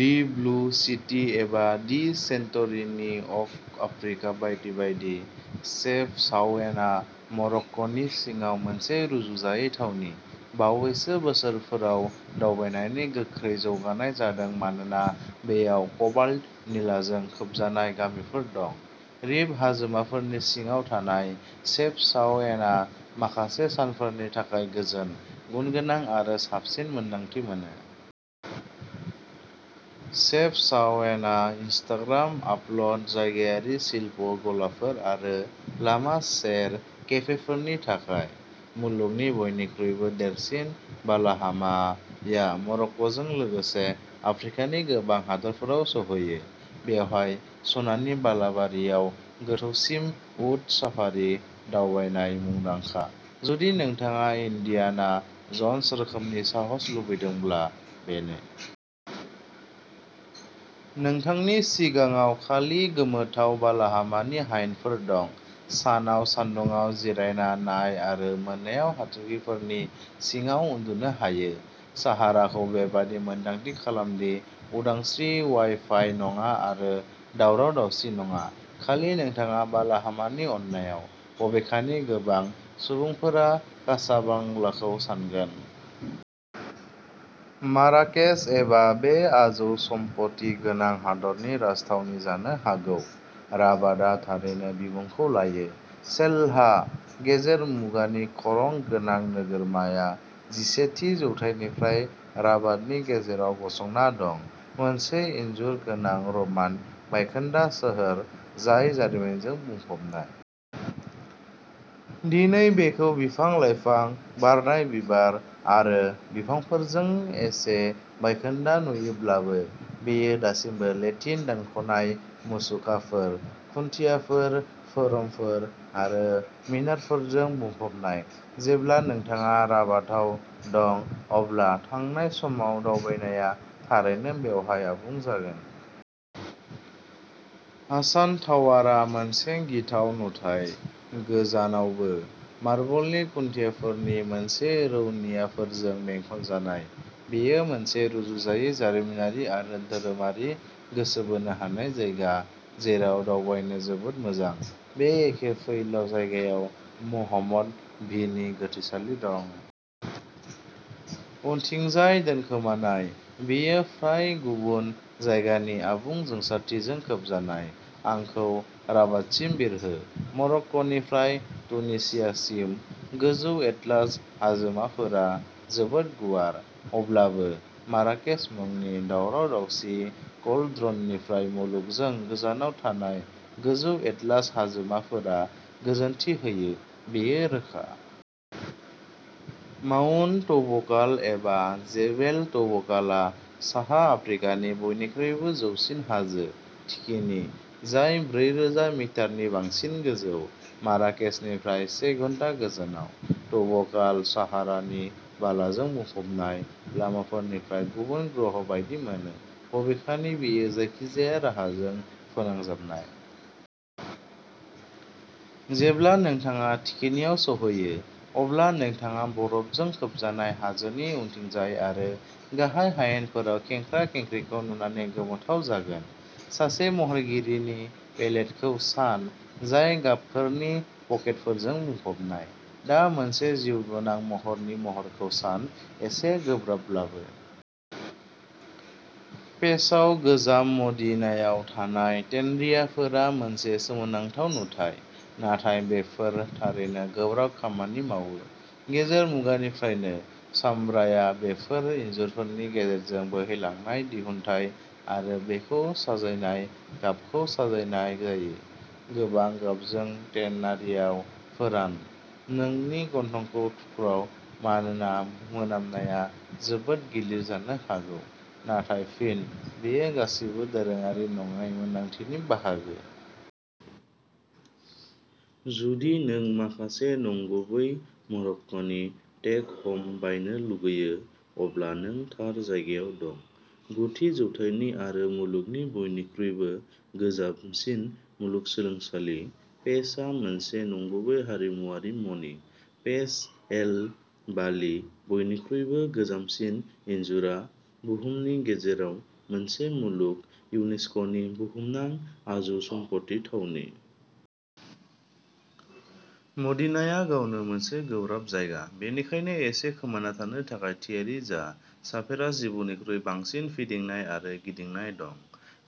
दि blue city एबा the सेन्टरिनि of Africa बायदि बायदि, शेफचाउएनआ मरक्क'नि सिङाव मोनसे रुजुजायै थावनि। बावैसो बोसोरफोराव दावबायनायनि गोख्रै जौगानाय जादों मानोना बेयाव कबाल्ट निलाजों खोबजानाय गामिफोर दं। रिफ हाजोमाफोरनि सिङाव थानाय, शेफचाउएनआ माखासे सानफोरनि थाखाय गोजोन, गुनगोनां आरो साबसिन मोनदांथि मोनो। शेफचाउएनआ इनस्टाग्राम आपल'ड, जायगायारि शिल्प गलाफोर आरो लामा सेर केफेफोरनि थाखाय। मुलुगनि बयनिख्रुइबो देरसिन बालाहामाया मरक्क'जों लोगोसे आफ्रिकानि गोबां हादोरफोराव सौहैयो। बेवहाय, सनानि बालाबारियाव गोथौसिम उट साफारि दावबायनाय मुंदांखा। जुदि नोंथाङा इन्डियाना जन्स रोखोमनि साहस लुबैदोंब्ला, बेनो! नोंथांनि सिगाङाव खालि गोमोथाव बालाहामानि हायेनफोर दं, सानाव सान्दुङाव जिरायना नाय आरो मोनायाव हाथरखिफोरनि सिङाव उन्दुनो हायो। साहाराखौ बेबादि मोन्दांथि खालामदि उदांस्रि-वाइफाइ नङा आरो दावराव दावसि नङा, खालि नोंथाङा बालाहामानि अननायाव। बबेखानि गोबां सुबुंफोरा कासाबांलाखौ सानगोन। माराकेच एबा बे आजौसमफथि गोनां हादोरनि राजथावनि जानो हागौ, राबातआ थारैनो बिमुंखौ लायो। चेल्लाह, गेजेर मुगानि खरं गोनां नोगोरमाया जिसे थि जौथायनिफ्राय राबातनि गेजेराव गसंना दं, मोनसे इन्जुर गोनां र'मान बायखोन्दा सोहोर जाय जारिमिनजों बुंफबनाय। दिनै बेखौ बिफां लाइफां, बारनाय बिबार आरो बिफांफोरजों एसे बायखोन्दा नुयोब्लाबो, बेयो दासिमबो लेटिन दानख'नाय मुसुखाफोर, खुन्थियाफोर, फोरमफोर आरो मिनारफोरजों बुंफबनाय। जेब्ला नोंथाङा राबाताव दं, अब्ला थांनाय समाव दावबायनाया थारैनो बेवहाय आबुं जागोन। हासान टावारआ मोनसे गिथाव नुथाय, गोजानआवबो। मार्बलनि खुन्थियाफोरनि मोनसे रौनियाफोरजों बेंखनजानाय, बेयो मोनसे रुजुजायै जारिमिनारि आरो धोरोमारि गोसो बोनो हानाय जायगा, जेराव दावबायनो जोबोद मोजां। बे एखे फैलाव जायगायाव महम्मद भिनि गोथैसालि दं। उनथिंजाय दोनखोमानाय, बेयो फ्राय गुबुन जायगानि आबुं जोंसारथिजों खोबजानाय। आंखौ राबातसिम बिरहो! मरक्क'निफ्राय तुनिसियासिम, गोजौ एटलास हाजोमाफोरा जोबोद गुवार। अब्लाबो, माराकेस मुंनि दावराव-दावसि क'लड्रननिफ्राय मुलुगजों गोजानाव थानाय, गोजौ एटलास हाजोमाफोरा गोजोनथि होयो, बेयो रोखा। माउन्ट तौबकाल एबा जेबेल तौबकालआ साहा आफ्रिकानि बयनिख्रुइबो जौसिन हाजो थिखिनि, जाय ब्रैरोजा मिटारनि बांसिन गोजौ। माराकेसनिफ्राय से घन्टा गोजानाव, तौबकालआ साहारानि बालाजों बुंफबनाय लामाफोरनिफ्राय गुबुन ग्रह बायदि मोनो, बबेखानि बेयो जायखिजाया राहाजों फोनांजाबनाय। जेब्ला नोंथाङा थिखिनियाव सौहैयो, अब्ला नोंथाङा बरफजों खोबजानाय हाजोनि उनथिंजाय आरो गाहाय हायेनफोराव खेंख्रा खेंख्रिखौ नुनानै गोमोथाव जागोन। सासे महरगिरिनि पेलेटखौ सान, जाय गाबफोरनि पकेटफोरजों बुंफबनाय। दा मोनसे जिउगोनां महरनि महरखौ सान, एसे गोब्राबब्लाबो। फेजआव गोजाम मदीनायाव थानाय टेनरियाफोरा मोनसे सोमोनांथाव नुथाय, नाथाय बेफोर थारैनो गोब्राब खामानि मावो। गेजेर मुगानिफ्रायनो, सामब्राया बेफोर इनजुरफोरनि गेजेरजों बोहैलांनाय दिहुनथाय आरो बेखौ साजायनाय गाबखौ साजायनाय जायो। गोबां गाबजों टेनारियाव फोरान। नोंनि गन्थंखौ थुख्राव, मानोना मोनामनाया जोबोद गिलिर जानो हागौ, नाथाय फिन, बेयो गासैबो दोरोङारि नङै मोन्दांथिनि बाहागो। जुदि नों माखासे नंगुबै मरक्क'नि टेक-ह'म बायनो लुगैयो, अब्ला नों थार जायगायाव दं। गु थि जौथाइनि आरो मुलुगनि बयनिख्रुइबो गोजामसिन मुलुगसोलोंसालि, फेजआ मोनसे नंगुबै हारिमुआरि मणि। फेज एल बालि, बयनिख्रुइबो गोजामसिन इनजुरआ बुहुमनि गेजेराव मोनसे मुलुग, इउनेस्क'नि बुहुमनां आजौसमफथि थावनि। मदीनाया गावनो मोनसे गोब्राब जायगा, बेनिखायनो एसे खोमाना थानो थाखाय थियारि जा, सापेरास जिबौनिख्रुइ बांसिन फिदिंनाय आरो गिदिंनाय दं।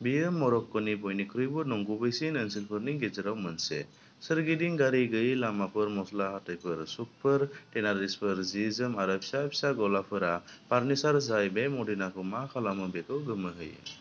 बेयो मरक्क'नि बयनिख्रुइबो नंगुबैसिन ओनसोलफोरनि गेजेराव मोनसे। सोरगिदिं गारि-गैयै लामाफोर, मस्ला हाथायफोर, सुकफोर, टेनारिसफोर, जि जोम आरो फिसा फिसा गलाफोरा फार्निचार जाय बे मदिनाखौ मा खालामो बेखौ गोमोहोयो।